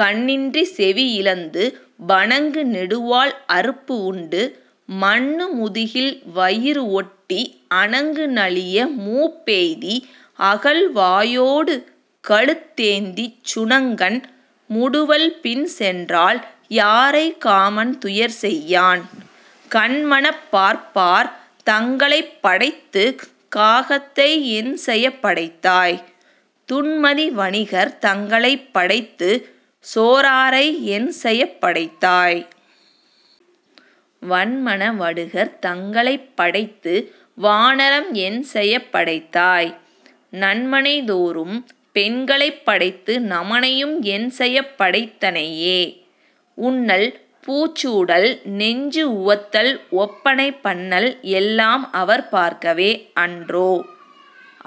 கண்இன்றிச் செவி இழந்து வணங்கு நெடுவால் அறுப்பு உண்டு மன்னு முதுகில் வயிறு ஒட்டி அணங்கு நலிய மூப்பெய்தி அகல் வாயோடு கழுத்தேந்திச் சுணங்கன் முடுவல் பின்சென்றால் யாரைக் காமன் துயர் செய்யான்? கன்மனப் பார்ப்பார் தங்களைப் படைத்துக் காகத்தை என்செயப் படைத்தாய்? துன்மதி வணிகர் தங்களைப் படைத்துச் சோரரை என்செயப் படைத்தாய்? வன்மன வடுகர் தங்களைப் படைத்து வானரம் என்செயப் படைத்தாய்? நன்மனை தோறும் பெண்களைப் படைத்து நமனையும் என்செயப் படைத்தனையே? உண்ணல் பூச்சூடல் நெஞ்சு உவத்தல் ஒப்பனை பண்ணல் எல்லாம் அவர் பார்க்கவே அன்றோ?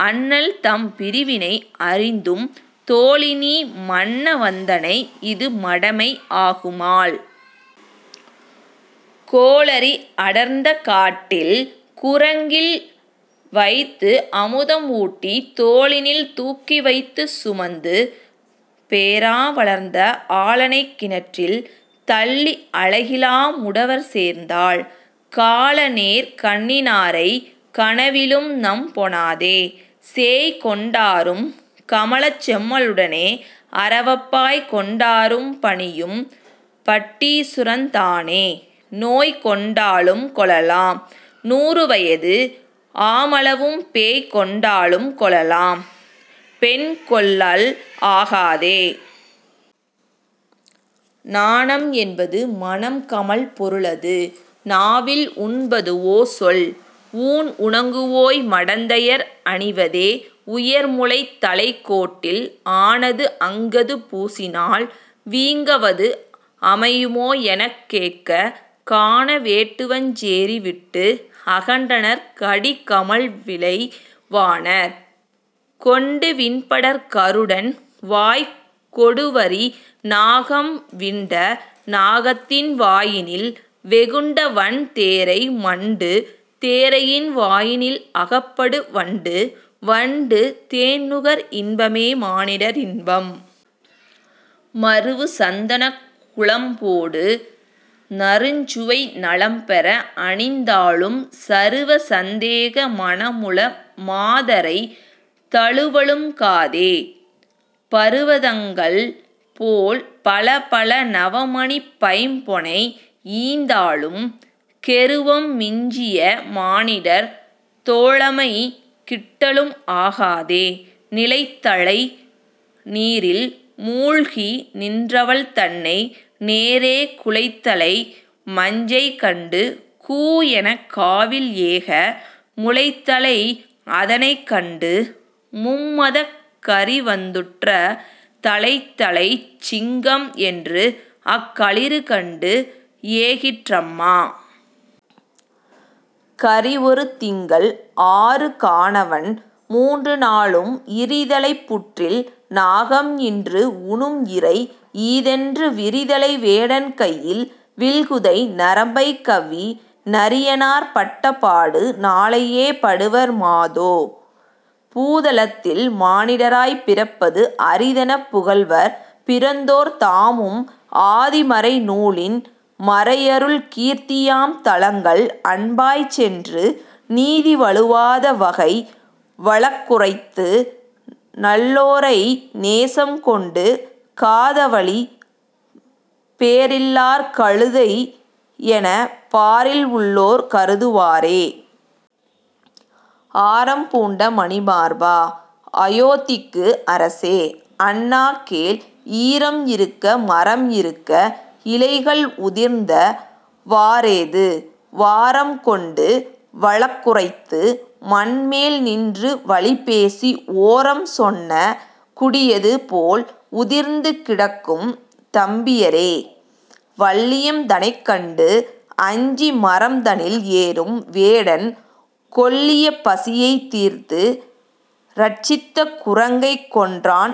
அண்ணல் தம் பிரிவினை அறிந்தும் தோழிநீ மண்ண வந்தனை இது மடமை ஆகுமால். கோளரி அடர்ந்த காட்டில் குறங்கில் வைத்து அமுதம் ஊட்டித் தோளினில் தூக்கி வைத்துச் சுமந்து பேறா வளர்ந்த ஆளனைக் கிணற்றில் தள்ளி அழகிலா முடவர் சேர்ந்தாள் காள நேர் கண்ணினாரைக் கனவிலும் நம்பொணாதே. சேய் கொண்டாரும் கமலச் செம்மலுடனே அரவப் பாய் கொண்டாரும் பணியும் பட்டீசுரத் தானே நோய் கொண்டாலும் கொளலாம் நூறுவயது ஆமளவும் பேய் கொண்டாலும் கொளலாம் பெண்கொள்ளல் ஆகாதே. நானம் என்பது மணம் கமழ் பொருளது நாவில் உண்பதுவோ சொல்? ஊன் உணங்குவோய் மடந்தையர் அணிவதே உயர்முலைத் தலைக் கோட்டில் ஆனது அங்கது பூசினால் வீங்கவது அமையுமோ எனக் கேட்க கான வேட்டுவச் சேரி விட்டு அகன்றனர் கடி கமழ் விலை வாணர். கொண்டு விண்படர் கருடன் வாய்க் கொடுவரி நாகம் விண்ட நாகத்தின் வாயினில் வெகுண்ட வன்தேரை மண்டு தேரையின் வாயினில் அகப்படு வண்டு வண்டு தேன்நுகர் இன்பமே மானிடர் இன்பம். மருவு சந்தனக் குழம்பொடு நறுஞ்சுவை நலம்பெற அணிந்தாலும் சருவ சந்தேக மனமுள மாதரைத் தழுவலும் காதே பருவதங்கள் போல் பலபல நவமணிப் பைம்பொனை ஈந்தாலும் கெருவம் மிஞ்சிய மானிடர் தோழமை கிட்டலும் ஆகாதே. நிலைத்தலை நீரில் மூழ்கி நின்றவள் தன்னை நேரே குலைத்தலை மஞ்ஞை கண்டு கூ எனக் காவில்ஏக முலைத்தலை அதனைக் கண்டு மும்மதக் கரிவந்துற்ற தலைத்தலைச் சிங்கம் என்று அக்களிறு கண்டு ஏகிற்றம்மா. கரி ஒரு திங்கள் ஆறு கானவன் மூன்றுநாளும் இரிதலைப் புற்றில் நாகம் இன்று உணும் இரை ஈதென்று விரிதலை வேடன் கையில் வில்குதை நரம்பைக் கவ்வி நரியனார் பட்ட பாடு நாளையே படுவர் மாதோ. பூதலத்தில் மானிடராய்ப் பிறப்பது அரிதெனப் புகல்வர் பிறந்தோர் தாமும் ஆதிமறை நூலின் மறைஅருள் கீர்த்தியாம் தலங்கள் அன்பாய்ச் சென்று நீதி வழுவாத வகை வழக்குரைத்து நல்லோரை நேசம் கொண்டு காதவழி பேரில்லார் கழுதை எனப் பாரில் உள்ளோர் கருதுவாரே. ஆரம் பூண்ட மணிமார்பா அயோத்திக்கு அரசே அண்ணா கேள் ஈரம் இருக்க மரம் இருக்க இலைகள் உதிர்ந்த வாரேது வாரம் கொண்டு வழக் குரைத்து மண்மேல் நின்று வலிபேசி ஓரம் சொன்ன குடியது போல் உதிர்ந்து கிடக்கும் தம்பியரே. வல்லியம் தனைக் கண்டு அஞ்சி மரம்தனில் ஏறும் வேடன் கொல்லிய பசியைத் தீர்த்து ரட்சித்த குரங்கைக் கொன்றான்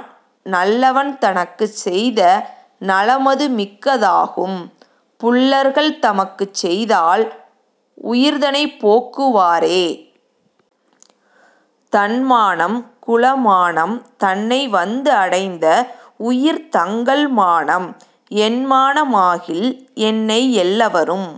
நல்லவன் தனக்குச் செய்த நலமது மிக்கதாகும் புல்லர்கள் தமக்குச் செய்தால் உயிர்தனைப் போக்குவாரே. தன்மானம் குலமானம் தன்னை வந்து அடைந்த உயிர் தங்கள் மானம் என்மான மாகில் என்ன எல்லவரும்